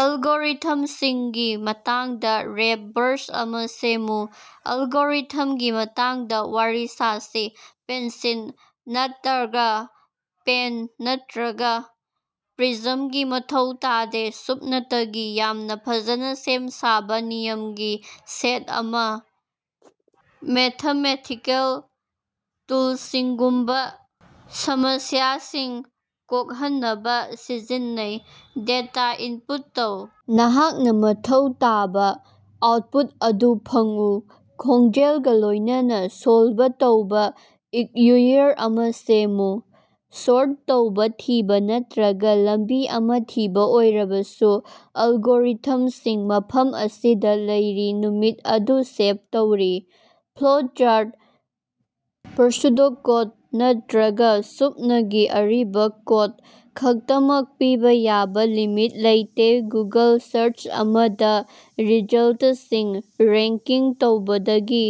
ꯑꯜꯒꯣꯔꯤꯊꯝꯁꯤꯡꯒꯤ ꯃꯇꯥꯡꯗꯥ ꯔꯦꯞ ꯕꯔꯁ ꯑꯃꯥ ꯁꯦꯝꯃꯨ꯫ ꯑꯜꯒꯣꯔꯤꯊꯝꯒꯤ ꯃꯇꯥꯡꯗꯥ ꯋꯥꯔꯤ ꯁꯥꯁꯤ, ꯄꯦꯟꯁꯤꯜ ꯅꯠꯇ꯭ꯔꯒꯥ ꯄꯦꯟ ꯅꯠꯇ꯭ꯔꯒꯥ ꯄ꯭ꯔꯤꯖꯝꯒꯤ ꯃꯊꯧ ꯇꯥꯗꯦ ꯁꯨꯞꯅꯇꯒꯤ ꯌꯥꯝꯅꯥ ꯐꯖꯅꯥ ꯁꯦꯝ ꯁꯥꯕꯥ ꯅꯤꯌꯝꯒꯤ ꯁꯦꯠ ꯑꯃꯥ, ꯃꯦꯊꯃꯦꯊꯤꯀꯦꯜ ꯇꯨꯜꯁꯤꯡꯒꯨꯝꯕꯥ ꯁꯃꯁ꯭ꯌꯥꯁꯤꯡ ꯀꯣꯛꯍꯟꯅꯕꯥ ꯁꯤꯖꯤꯟꯅꯩ꯫ ꯗꯦꯇꯥ ꯏꯟꯄꯨꯠ ꯇꯧ, ꯅꯍꯥꯛꯅꯥ ꯃꯊꯧ ꯇꯥꯕꯥ ꯑꯥꯎꯠꯄꯨꯠ ꯑꯗꯨ ꯐꯪꯎ, ꯈꯣꯡꯖꯦꯜꯒꯥ ꯂꯣꯢꯅꯅꯥ ꯁꯣꯜꯕ ꯇꯧꯕꯥ ꯏꯛꯌꯨꯏꯌꯔ ꯑꯃꯥ ꯁꯦꯝꯃꯨ, ꯁꯣꯔꯠ ꯇꯧꯕꯥ ꯊꯤꯕꯥ ꯅꯠꯇ꯭ꯔꯒꯥ ꯂꯝꯕꯤ ꯑꯃꯥ ꯊꯤꯕꯥ ꯑꯣꯏꯔꯕꯁꯨ, ꯑꯜꯒꯣꯔꯤꯊꯝꯁꯤꯡ ꯃꯐꯝ ꯑꯁꯤꯗꯥ ꯂꯩꯔꯤ ꯅꯨꯃꯤꯠ ꯑꯗꯨ ꯁꯦꯚ ꯇꯧꯔꯤ꯫ ꯐ꯭ꯂꯣꯆꯥꯔꯠ, ꯄ꯭ꯁꯨꯗꯣꯀꯣꯗ ꯅꯠꯇ꯭ꯔꯒꯥ ꯁꯨꯞꯅꯒꯤ ꯑꯔꯤꯕꯥ ꯀꯣꯗ ꯈꯛꯇꯃꯛ ꯄꯤꯕꯥ ꯌꯥꯕꯥ ꯂꯤꯃꯤꯠ ꯂꯩꯇꯦ ꯒꯨꯒꯜ ꯁꯥꯔꯆ ꯑꯃꯗꯥ ꯔꯤꯖꯜꯇꯁꯤꯡ ꯔꯦꯡꯀꯤꯡ ꯇꯧꯕꯗꯒꯤ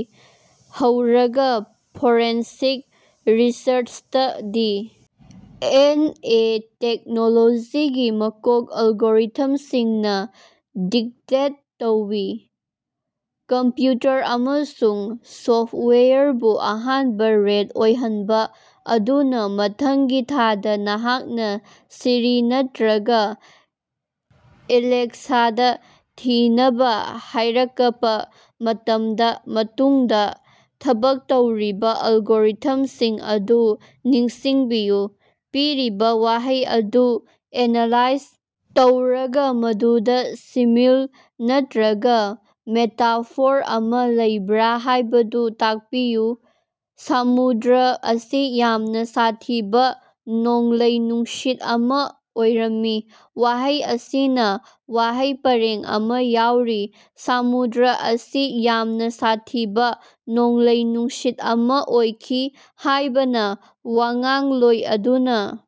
ꯍꯧꯔꯒꯥ ꯐꯣꯔꯦꯟꯁꯤꯛ ꯔꯤꯁꯔꯆꯇꯥ ꯗꯤ. ꯑꯦꯟ. ꯑꯦ. ꯇꯦꯛꯅꯣꯂꯣꯖꯤꯒꯤ ꯃꯀꯣꯛ ꯑꯜꯒꯣꯔꯤꯊꯝꯁꯤꯡꯅꯥ ꯗꯤꯛꯇꯦꯠ ꯇꯧꯏ, ꯀꯝꯄ꯭ꯌꯨꯇꯔ ꯑꯃꯁꯨꯡ ꯁꯣꯐꯋꯦꯌꯔꯕꯨ ꯑꯍꯥꯟꯕꯥ ꯔꯦꯠ ꯑꯣꯏꯍꯟꯕꯥ꯫ ꯑꯗꯨꯅꯥ ꯃꯊꯪꯒꯤ ꯊꯥꯗꯥ ꯅꯍꯥꯛꯅꯥ ꯁꯤꯔꯤ ꯅꯠꯇ꯭ꯔꯒꯥ ꯑꯦꯂꯦꯛꯁꯥꯗꯥ ꯊꯤꯅꯕꯥ ꯍꯥꯢꯔꯀꯄꯥ ꯃꯇꯝꯗꯥ ꯃꯇꯨꯡꯗꯥ ꯊꯕꯛ ꯇꯧꯔꯤꯕꯥ ꯑꯜꯒꯣꯔꯤꯊꯝꯁꯤꯡ ꯑꯗꯨ ꯅꯤꯡꯁꯤꯡꯕꯤꯌꯨ꯫ ꯄꯤꯔꯤꯕꯥ ꯋꯥꯍꯩ ꯑꯗꯨ ꯑꯦꯅꯥꯂꯥꯏꯖ ꯇꯧꯔꯒꯥ ꯃꯗꯨꯗꯥ ꯁꯤꯃꯤꯜ ꯅꯠꯇ꯭ꯔꯒꯥ ꯃꯦꯇꯥꯐꯣꯔ ꯑꯃꯥ ꯂꯩꯕ꯭ꯔꯥ ꯍꯥꯢꯕꯗꯨ ꯇꯥꯛꯄꯤꯌꯨ꯫ ꯁꯃꯨꯗ꯭ꯔ ꯑꯁꯤ ꯌꯥꯝꯅꯥ ꯁꯥꯊꯤꯕꯥ ꯅꯣꯡꯂꯩ ꯅꯨꯡꯁꯤꯠ ꯑꯃꯥ ꯑꯣꯏꯔꯝꯃꯤ꯫ ꯋꯥꯍꯩ ꯑꯁꯤꯅꯥ ꯋꯥꯍꯩ ꯄꯔꯦꯡ ꯑꯃꯥ ꯌꯥꯎꯔꯤ꯫ ꯁꯃꯨꯗ꯭ꯔ ꯑꯁꯤ ꯌꯥꯝꯅꯥ ꯁꯥꯊꯤꯕꯥ ꯅꯣꯡꯂꯩ-ꯅꯨꯡꯁꯤꯠ ꯑꯃꯥ ꯑꯣꯏꯈꯤ ꯍꯥꯢꯕꯅꯥ ꯋꯥꯉꯥꯡꯂꯣꯏ ꯑꯗꯨꯅꯥ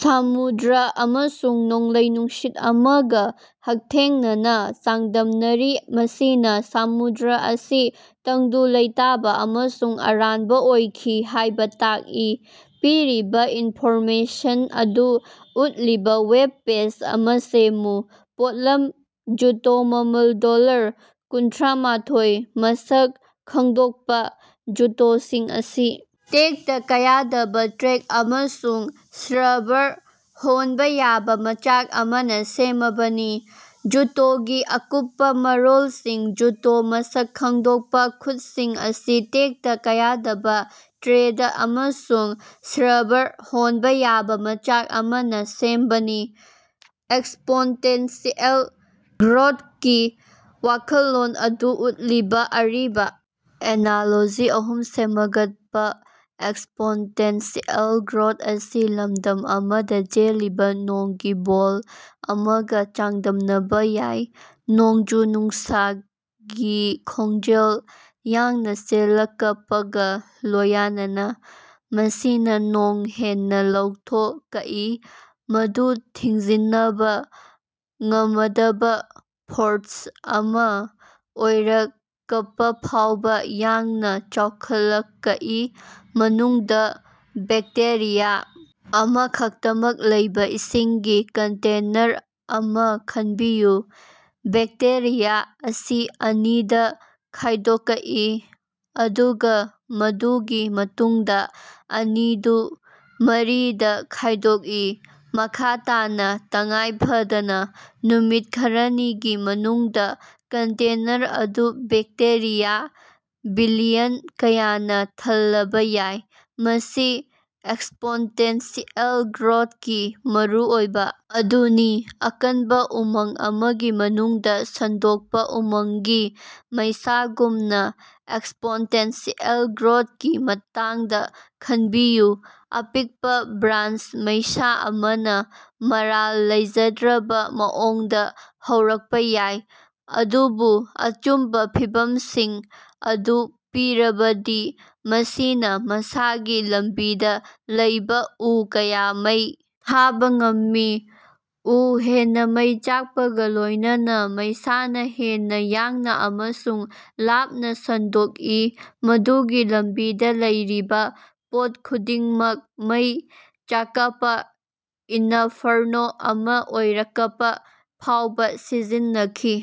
ꯁꯃꯨꯗ꯭ꯔ ꯑꯃꯁꯨꯡ ꯅꯣꯡꯂꯩ-ꯅꯨꯡꯁꯤꯠ ꯑꯃꯒꯥ ꯍꯛꯊꯦꯡꯅꯅꯥ ꯆꯥꯡꯗꯝꯅꯔꯤ ꯃꯁꯤꯅꯥ ꯁꯃꯨꯗ꯭ꯔ ꯑꯁꯤ ꯇꯪꯗꯨ ꯂꯩꯇꯥꯕꯥ ꯑꯃꯁꯨꯡ ꯑꯔꯥꯟꯕꯥ ꯑꯣꯏꯈꯤ ꯍꯥꯢꯕꯥ ꯇꯥꯛꯏ꯫ ꯄꯤꯔꯤꯕꯥ ꯏꯟꯐꯣꯔꯃꯦꯁꯟ ꯑꯗꯨ ꯎꯠꯂꯤꯕꯥ ꯋꯦꯕ ꯄꯦꯖ ꯑꯃꯥ ꯁꯦꯃꯃꯨ꯫ ꯄꯣꯠꯂꯝ: ꯖꯨꯇꯣ ꯃꯃꯜ ꯗꯣꯂꯔ ꯀꯨꯟꯊꯔ꯭ꯥꯃꯊꯣꯢ ꯃꯁꯛ ꯈꯪꯗꯣꯛꯄꯥ: ꯖꯨꯇꯣꯁꯤꯡ ꯑꯁꯤ ꯇꯦꯛꯇ ꯀꯥꯌꯗꯕꯥ ꯇ꯭ꯔꯦꯛ ꯑꯃꯁꯨꯡ ꯁ꯭ꯕꯔ ꯍꯣꯟꯕꯥ ꯌꯥꯕꯥ ꯃꯆꯥꯛ ꯑꯃꯅꯥ ꯁꯦꯝꯃꯕꯅꯤ꯫ꯖꯨꯇꯣꯒꯤ ꯑꯀꯨꯞꯄꯥ ꯃꯔꯣꯜꯁꯤꯡ ꯖꯨꯇꯣ ꯃꯁꯛ ꯈꯪꯗꯣꯛꯄꯥ: ꯈꯨꯠꯁꯤꯡ ꯑꯁꯤ ꯇꯦꯛꯇ ꯀꯥꯌꯗꯕꯥ ꯇ꯭ꯔꯦꯗ ꯑꯃꯁꯨꯡ ꯁ꯭ꯕꯔ ꯍꯣꯟꯕꯥ ꯌꯥꯕꯥ ꯃꯆꯥꯛ ꯑꯃꯅꯥ ꯁꯦꯝꯕꯅꯤ꯫ ꯑꯦꯛꯁꯄꯣꯟꯇꯦꯟꯁꯤꯑꯦꯜ ꯒ꯭ꯔꯣꯊꯀꯤ ꯋꯥꯈꯜꯂꯣꯟ ꯑꯗꯨ ꯎꯠꯂꯤꯕꯥ ꯑꯔꯤꯕꯥ ꯑꯦꯅꯥꯂꯣꯖꯤ ꯑꯍꯨꯝ ꯁꯦꯝꯒꯠꯄꯥ꯫ ꯑꯦꯛꯁꯄꯣꯟꯇꯦꯟꯁꯤꯑꯦꯜ ꯒ꯭ꯔꯣꯊ ꯑꯁꯤ ꯂꯃꯗꯝ ꯑꯃꯗꯥ ꯆꯦꯜꯂꯤꯕꯥ ꯅꯣꯡꯒꯤ ꯕꯣꯜ ꯑꯃꯒꯥ ꯆꯥꯡꯗꯝꯅꯕꯥ ꯌꯥꯏ꯫ ꯅꯣꯡꯖꯨ-ꯅꯨꯡꯁꯥꯒꯤ ꯈꯣꯡꯖꯦꯜ ꯌꯥꯡꯅꯥ ꯆꯦꯜꯂꯀꯄꯒꯥ ꯂꯣꯌꯅꯅꯥ ꯃꯁꯤꯅꯥ ꯅꯣꯡ ꯍꯦꯟꯅꯥ ꯂꯧꯊꯣꯀꯏ, ꯃꯗꯨ ꯊꯤꯡꯖꯤꯅꯕꯥ ꯉꯃꯗꯕꯥ ꯐꯣꯔꯁ ꯑꯃꯥ ꯑꯣꯏꯔꯀꯄꯐꯥꯎꯕꯥ ꯌꯥꯡꯅꯥ ꯆꯥꯎꯈꯠꯂꯀꯏ꯫ ꯃꯅꯨꯡꯗꯥ ꯕꯦꯛꯇꯦꯔꯤꯌꯥ ꯑꯃꯈꯛꯇꯃꯛ ꯂꯩꯕꯥ ꯏꯁꯤꯡꯒꯤ ꯀꯟꯇꯦꯅꯔ ꯑꯃꯥ ꯈꯟꯕꯤꯌꯨ꯫ ꯕꯦꯛꯇꯦꯔꯤꯌꯥ ꯑꯁꯤ ꯑꯅꯤꯗꯥ ꯈꯥꯢꯗꯣꯀꯏ, ꯑꯗꯨꯒꯥ ꯃꯗꯨꯒꯤ ꯃꯇꯨꯡꯗꯥ ꯑꯅꯤꯗꯨ ꯃꯔꯤꯗꯥ ꯈꯥꯢꯗꯣꯛꯏ, ꯃꯈꯥ ꯇꯥꯅꯥ꯫ ꯇꯉꯥꯏꯐꯗꯅꯥ ꯅꯨꯃꯤꯠ ꯈꯔꯅꯤꯒꯤ ꯃꯅꯨꯡꯗꯥ ꯀꯟꯇꯦꯅꯔ ꯑꯗꯨ ꯕꯦꯛꯇꯦꯔꯤꯌꯥ ꯕꯤꯂꯤꯌꯟ ꯀꯌꯥꯅꯥ ꯊꯜꯂꯕꯥ ꯌꯥꯏ꯫ ꯃꯁꯤ ꯑꯦꯛꯁꯄꯣꯟꯇꯦꯟꯁꯤꯑꯦꯜ ꯒ꯭ꯔꯣꯊꯀꯤ ꯃꯔꯨꯑꯣꯏꯕꯥ ꯑꯗꯨꯅꯤ꯫ ꯑꯀꯟꯕꯥ ꯎꯃꯪ ꯑꯃꯒꯤ ꯃꯅꯨꯡꯗꯥ ꯁꯟꯗꯣꯛꯄꯥ ꯎꯃꯪꯒꯤ ꯃꯩꯁꯥꯒꯨꯝꯅꯥ ꯑꯦꯛꯁꯄꯣꯟꯇꯦꯟꯁꯤꯑꯦꯜ ꯒ꯭ꯔꯣꯊꯀꯤ ꯃꯇꯥꯡꯗꯥ ꯈꯟꯕꯤꯌꯨ꯫ ꯑꯄꯤꯛꯄꯥ ꯕ꯭ꯔꯥꯁ ꯃꯩꯁꯥ ꯑꯃꯅꯥ ꯃꯔꯥꯜ ꯂꯩꯖꯗ꯭ꯔꯕꯥ ꯃꯑꯣꯡꯗꯥ ꯍꯧꯔꯛꯄꯥ ꯌꯥꯏ, ꯑꯗꯨꯕꯨ ꯑꯆꯨꯝꯕꯥ ꯐꯤꯚꯝꯁꯤꯡ ꯑꯗꯨ ꯄꯤꯔꯕꯗꯤ ꯃꯁꯤꯅꯥ ꯃꯁꯥꯒꯤ ꯂꯝꯕꯤꯗꯥ ꯂꯩꯕꯥ ꯎ ꯀꯌꯥ ꯃꯩ ꯊꯥꯕꯥ ꯉꯝꯃꯤ꯫ ꯎ ꯍꯦꯟꯅꯥ ꯃꯩ ꯆꯥꯛꯄꯒꯥ ꯂꯣꯢꯅꯅꯥ ꯃꯩꯁꯥꯅꯥ ꯍꯦꯟꯅꯥ ꯌꯥꯡꯅꯥ ꯑꯃꯁꯨꯡ ꯂꯥꯞꯅꯥ ꯁꯟꯗꯣꯛꯏ ꯃꯗꯨꯒꯤ ꯂꯝꯕꯤꯗꯥ ꯂꯩꯔꯤꯕꯥ ꯄꯣꯠ ꯈꯨꯗꯤꯡꯃꯛ ꯃꯩ ꯆꯥꯀꯄꯥ ꯏꯅꯐꯔꯅꯣ ꯑꯃꯥ ꯑꯣꯏꯔꯀꯄꯥ ꯐꯥꯎꯕꯥ ꯁꯤꯖꯤꯟꯅꯈꯤ꯫